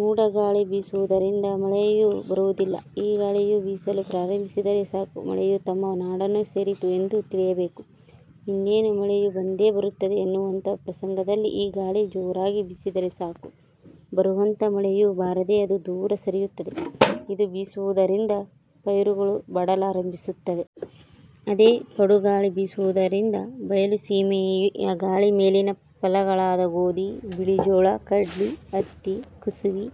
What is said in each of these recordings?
ಮೂಡಗಾಳಿ ಬೀಸುವುದರಿಂದ ಮಳೆಯು ಬರುವುದಿಲ್ಲ. ಈ ಗಾಳಿಯು ಬೀಸಲು ಪ್ರಾರಂಭಿಸಿದರೆ ಸಾಕು ಮಳೆಯು ತಮ್ಮ ನಾಡನ್ನು ಸೇರಿತು ಎಂದು ತಿಳಿಯಬೇಕು. ಇನ್ನೇನು ಮಳೆಯು ಬಂದೇ ಬರುತ್ತದೆ ಎನ್ನುವಂತಹ ಪ್ರಸಂಗದಲ್ಲಿ ಈ ಗಾಳಿ ಜೋರಾಗಿ ಬೀಸಿದರೆ ಸಾಕು ಬರುವಂತಹ ಮಳೆಯು ಬಾರದೆ ಅದು ದೂರ ಸರಿಯುತ್ತದೆ. ಇದು ಬೀಸುವುದರಿಂದ ಪೈರುಗಳು ಬಾಡಲಾರಂಭಿಸುತ್ತವೆ. ಅದೆ ಪಡುಗಾಳಿ ಬೀಸುವುದರಿಂದ ಬಯಲು ಸೀಮೆಯ ಗಾಳಿ ಮೇಲಿನ ಫಲಗಳಾದ ಗೋಧಿ, ಬಿಳಿಜೋಳ, ಕಡ್ಲಿ, ಹತ್ತಿ, ಕುಸುಬಿ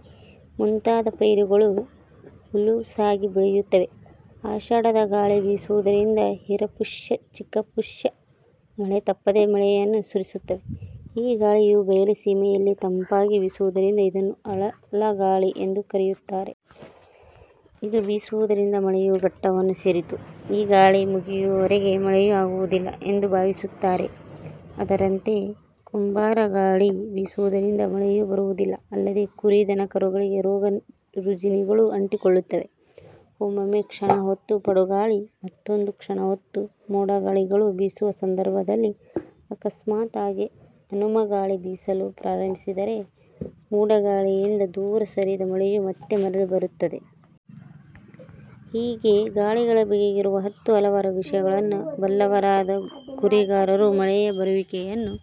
ಮುಂತಾದ ಪೈರುಗಳು ಹುಲುಸಾಗಿ ಬೆಳೆಯುತ್ತವೆ. ಆಷಾಢದ ಗಾಳಿ ಬೀಸುವುದರಿಂದ ಹಿರಪುಷ್ಯ, ಚಿಕಪುಷ್ಯ ಮಳೆ ತಪ್ಪದೆ ಮಳೆಯನ್ನು ಸುರಿಸುತ್ತವೆ. ಈ ಗಾಳಿಯು ಬಯಲು ಸೀಮೆಯಲ್ಲಿ ತಂಪಾಗಿ ಬೀಸುವುದರಿಂದ ಇದನ್ನು ಅಳಲಗಾಳಿ ಎಂದು ಕರೆಯುತ್ತಾರೆ. ಇದು ಬೀಸುವುದರಿಂದ ಮಳೆಯು ಘಟ್ಟವನ್ನು ಸೇರಿತು; ಈ ಗಾಳಿ ಮುಗಿಯುವವರೆಗೆ ಮಳೆಯು ಆಗುವುದಿಲ್ಲ ಎಂದು ಬಾವಿಸುತ್ತಾರೆ. ಅದರಂತೆ ಕುಂಬಾರಗಾಳಿ ಬೀಸುವುದರಿಂದ ಮಳೆಯು ಬರುವುದಿಲ್ಲ ಅಲ್ಲದೆ ಕುರಿ-ದನಕರುಗಳಿಗೆ ರೋಗರುಜಿನಗಳು ಅಂಟಿಕೊಳ್ಳುತ್ತವೆ. ಒಮ್ಮೊಮ್ಮೆ ಕ್ಷಣ ಹೊತ್ತು ಪಡುಗಾಳಿ ಮತ್ತೊಂದು ಕ್ಷಣ ಹೊತ್ತು ಮೋಡಗಾಳಿಗಳು ಬೀಸುವ ಸಂದರ್ಭದಲ್ಲಿ ಅಕಸ್ಮಾತಾಗಿ ಹನುಮಗಾಳಿ ಬೀಸಲು ಪ್ರಾರಂಬಿಸಿದರೆ ಮೂಡಗಾಳಿಯಿಂದ ದೂರ ಸರಿದ ಮಳೆಯು ಮತ್ತೆ ಮರಳಿ ಬರುತ್ತದೆ. ಹೀಗೆ ಗಾಳಿಗಳ ಬಗೆಗಿರುವ ಹತ್ತು ಹಲವಾರು ವಿಷಯಗಳನ್ನು ಬಲ್ಲವರಾದ ಕುರಿಗಾರರು ಮಳೆಯ ಬರುವಿಕೆಯನ್ನು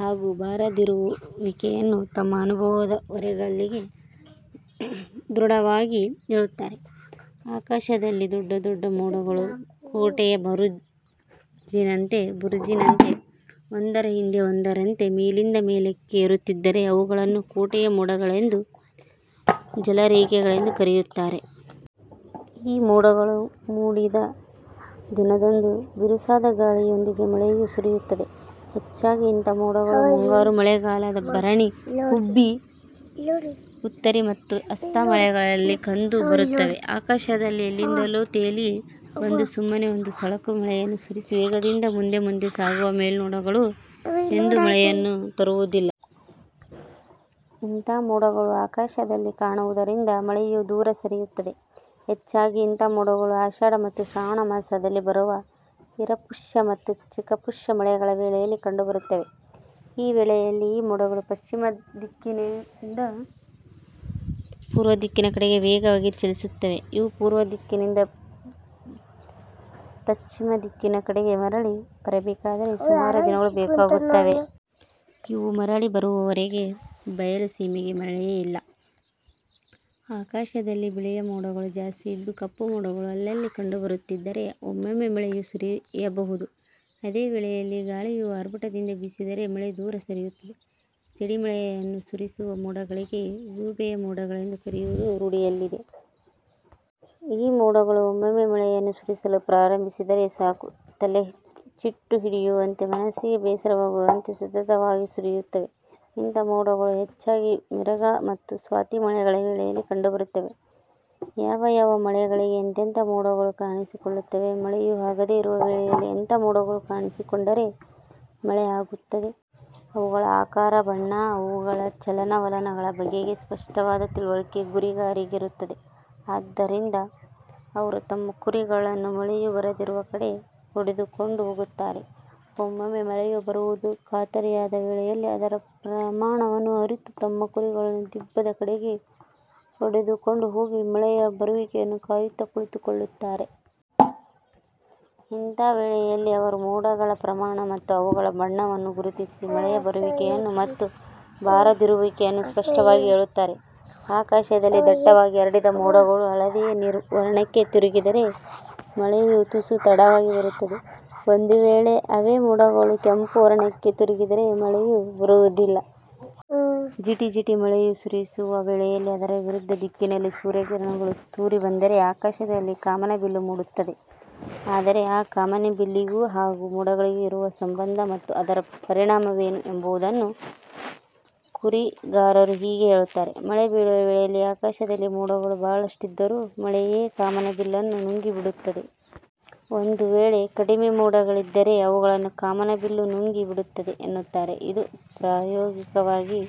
ಹಾಗೂ ಬಾರದಿರುವಿಕೆಯನ್ನು ತಮ್ಮ ಅನುಭವದ ಒರೆಗಲ್ಲಿಗೆ ಹಚ್ಚಿ ದೃಢವಾಗಿ ಹೇಳುತ್ತಾರೆ. ಆಕಾಶದಲ್ಲಿ ದೊಡ್ಡ ದೊಡ್ಡ ಮೋಡಗಳು ಕೋಟೆಯ ಬುರುಜಿನಂತೆ ಒಂದರ ಹಿಂದೆ ಒಂದರಂತೆ ಮೇಲಿಂದ ಮೇಲಕ್ಕೆ ಏರುತ್ತಿದ್ದರೆ ಅವುಗಳನ್ನು ಕೋಟೆಯ ಮೋಡಗಳೆಂದು, ಜಲರೇಖೆಗಳೆಂದು ಕರೆಯುತ್ತಾರೆ. ಈ ಮೋಡಗಳು ಮೂಡಿದ ದಿನದಂದು ಬಿರುಸಾದ ಗಾಳಿಯೊಂದಿಗೆ ಮಳೆಯು ಸುರಿಯುತ್ತದೆ. ಹೆಚ್ಚಾಗಿ ಇಂಥ ಮೋಡಗಳು ಮುಂಗಾರು ಮಳೆಗಳಾದ ಭರಣಿ, ಹುಬ್ಬಿ, ಉತ್ತರಿ ಮತ್ತು ಹಸ್ತಾ ಮಳೆಗಳಲ್ಲಿ ಕಂಡು ಬರುತ್ತವೆ. ಆಕಾಶದಲ್ಲಿ ಎಲ್ಲಿಂದಲೋ ತೇಲಿ ಬಂದು ಸುಮ್ಮನೆ ಒಂದು ಸಳಕು ಮಳೆಯನ್ನು ಸುರಿಸಿ ವೇಗದಿಂದ ಮುಂದೆ ಮುಂದೆ ಸಾಗುವ ಮೇಲ್ಮೋಡಗಳು ಎಂದೂ ಮಳೆಯನ್ನು ತರುವುದಿಲ್ಲ. ಇಂಥ ಮೋಡಗಳು ಆಕಾಶದಲ್ಲಿ ಕಾಣುವುದರಿಂದ ಮಳೆಯು ದೂರ ಸರಿಯುತ್ತದೆ. ಹೆಚ್ಚಾಗಿ ಇಂಥ ಮೋಡಗಳು ಆಷಾಢ ಮತ್ತು ಶ್ರಾವಣ ಮಾಸದಲ್ಲಿ ಬರುವ ಹಿರಪುಷ್ಯ ಮತ್ತು ಚಿಕಪುಷ್ಯ ಮಳೆಗಳ ವೇಳೆಯಲ್ಲಿ ಕಂಡುಬರುತ್ತವೆ. ಈ ವೇಳೆಯಲ್ಲಿ ಈ ಮೋಡಗಳು ಪಶ್ಚಿಮ ದಿಕ್ಕಿನೆಂದ ಪೂರ್ವದಿಕ್ಕಿನ ಕಡೆಗೆ ವೇಗವಾಗಿ ಚಲಿಸುತ್ತವೆ. ಇವು ಪೂರ್ವ ದಿಕ್ಕಿನಿಂದ ದಶ್ಚಿಮ ದಿಕ್ಕಿನ ಕಡೆಗೆ ಮರಳಿ ಬರಬೇಕಾದರೆ ಸುಮಾರು ದಿನಗಳು ಬೇಕಾಗುತ್ತವೆ. ಇವು ಮರಳಿ ಬರುವವರೆಗೂ ಬಯಲು ಸೀಮೆಗೆ ಮಳೆಯೇ ಇಲ್ಲ. ಆಕಾಶದಲ್ಲಿ ಬಿಳಿಯ ಮೋಡಗಳು ಜಾಸ್ತಿ ಇದ್ದು ಕಪ್ಪು ಮೋಡಗಳು ಅಲ್ಲಲ್ಲಿ ಕಂಡು ಬರುತ್ತಿದ್ದರೆ ಒಮ್ಮೊಮ್ಮೆ ಮಳೆಯು ಸುರಿಯಬಹುದು. ಅದೇ ವೇಳೆಯಲ್ಲಿ ಗಾಳಿಯು ಆರ್ಭಟದಿಂದ ಬೀಸಿದರೆ ಮಳೆ ದೂರ ಸರಿಯುತ್ತದೆ. ಜಡಿಮಳೆಯನ್ನು ಸುರಿಸುವ ಮೋಡಗಳಿಗೆ ಗೂಬೆಯ ಮೋಡಗಳೆಂದು ಕರೆಯುವುದು ರೂಢಿಯಲ್ಲಿದೆ. ಈ ಮೋಡಗಳು ಒಮ್ಮೊಮ್ಮೆ ಮಳೆಯನ್ನು ಸುರಿಸಲು ಪ್ರಾರಂಭಿಸಿದರೆ ಸಾಕು ತೆಲೆ ಚಿಟ್ಟು ಹಿಡಿಯುವಂತೆ ಮನಸ್ಸಿಗೆ ಬೇಸರವಾಗುವಂತೆ ಸತತವಾಗಿ ಸುರಿಯುತ್ತದೆ. ಇಂಥ ಮೋಡಗಳು ಹೆಚ್ಚಾಗಿ ಮಿರಗ ಮತ್ತು ಸ್ವಾತಿ ಮಳೆಗಳ ವೇಳೆಯಲ್ಲಿ ಕಂಡುಬರುತ್ತವೆ. ಯಾವ ಯಾವ ಮಳೆಗಳಿಗೆ ಎಂತೆಂಥ ಮೋಡಗಳು ಕಾಣಿಸಿಕೊಳ್ಳುತ್ತವೆ. ಮಳೆಯು ಆಗದೆ ಇರುವ ವೇಳೆಯಲ್ಲಿ ಎಂಥ ಮೋಡಗಳು ಕಾಣಿಸಿಕೊಂಡರೆ ಮಳೆ ಆಗುತ್ತದೆ. ಅವುಗಳ ಆಕಾರ, ಬಣ್ಣ, ಅವುಗಳ ಚಲನವಲನಗಳ ಬಗೆಗೆ ಸ್ಪಷ್ಟವಾದ ತಿಳುವಳಿಕೆ ಕುರಿಗಾರರಿಗಿರುತ್ತದೆ. ಆದ್ದರಿಂದ ಅವರು ತಮ್ಮ ಕುರಿಗಳನ್ನು ಮಳೆಯು ಬರದಿರುವ ಕಡೆಗೆ ಹೊಡೆದುಕೊಂಡು ಹೋಗುತ್ತಾರೆ. ಒಮ್ಮೊಮ್ಮೆ ಮಳೆಯು ಬರುವುದು ಕಾತರಿಯಾದ ವೇಳೆಯಲ್ಲಿ ಅದರ ಪ್ರಮಾಣವನ್ನು ಅರಿತು ತಮ್ಮ ಕುರಿಗಳನ್ನು ದಿಬ್ಬದ ಕಡೆಗೆ ಹೊಡಿದುಕೊಂಡು ಹೋಗಿ ಮಳೆಯ ಬರುವಿಕೆಯನ್ನು ಕಾಯುತ್ತ ಕುಳಿತುಕೊಳ್ಳುತ್ತಾರೆ. ಇಂಥ ವೇಳೆಯಲ್ಲಿ ಅವರು ಮೋಡಗಳ ಪ್ರಮಾಣ ಮತ್ತು ಅವುಗಳ ಬಣ್ಣವನ್ನು ಗುರುತಿಸಿ ಮಳೆಯ ಬರುವಿಕೆಯನ್ನು ಮತ್ತು ಬಾರದಿರುವಿಕೆಯನ್ನು ಸ್ಪಷ್ಟವಾಗಿ ಹೇಳುತ್ತಾರೆ. ಆಕಾಶದಲ್ಲಿ ದಟ್ಟವಾಗಿ ಹರಡಿದ ಮೋಡಗಳು ಹಳದಿಯ ವರ್ಣಕ್ಕೆ ತಿರುಗಿದರೆ ಮಳೆಯು ತುಸು ತಡವಾಗಿ ಬರುತ್ತದೆ. ಒಂದು ವೇಳೆ ಅವೆ ಮೋಡಗಳು ಕೆಂಪು ವರ್ಣಕ್ಕೆ ತಿರುಗಿದರೆ ಮಳೆಯು ಬರುವುದಿಲ್ಲ. ಜಿಟಿ-ಜಿಟಿ ಮಳೆಯು ಸುರಿಯುವ ವೇಳೆಯಲ್ಲಿ ಅದರ ವಿರುದ್ಧ ದಿಕ್ಕಿನಲ್ಲಿ ಸೂರ್ಯ ಕಿರಣಗಳು ತೂರಿ ಬಂದರೆ ಆಕಾಶದಲ್ಲಿ ಕಾಮನಬಿಲ್ಲು ಮೂಡುತ್ತದೆ. ಆದರೆ ಈ ಕಾಮನಬಿಲ್ಲಿಗೂ ಹಾಗೂ ಮೋಡಗಳಿಗೂ ಇರುವ ಸಂಬಂಧ ಮತ್ತು ಅದರ ಪರಿಣಾಮವೇನು? ಎಂಬುದನ್ನು ಕುರಿಗಾರರು ಹೀಗೆ ಹೇಳುತ್ತಾರೆ. 'ಮಳೆ ಬೀಳುವ ವೇಳೆಯಲ್ಲಿ ಆಕಾಶದಲ್ಲಿ ಮೋಡಗಳು ಬಹಳಷ್ಟಿದ್ದರೂ ಮಳೆಯೇ ಕಾಮನಬಿಲ್ಲನ್ನು ನುಂಗಿ ಬಿಡುತ್ತದೆ. ಒಂದು ವೇಳೆ ಕಡಿಮೆ ಮೋಡಗಳಿದ್ದರೆ ಅವುಗಳನ್ನು ಕಾಮನಬಿಲ್ಲು ನುಂಗಿ ಬಿಡುತ್ತದೆ' ಎನ್ನುತ್ತಾರೆ. ಇದು ಪ್ರಾಯೋಗಿಕವಾಗಿ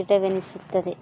ದಿಟವೆನಿಸುತ್ತದೆ.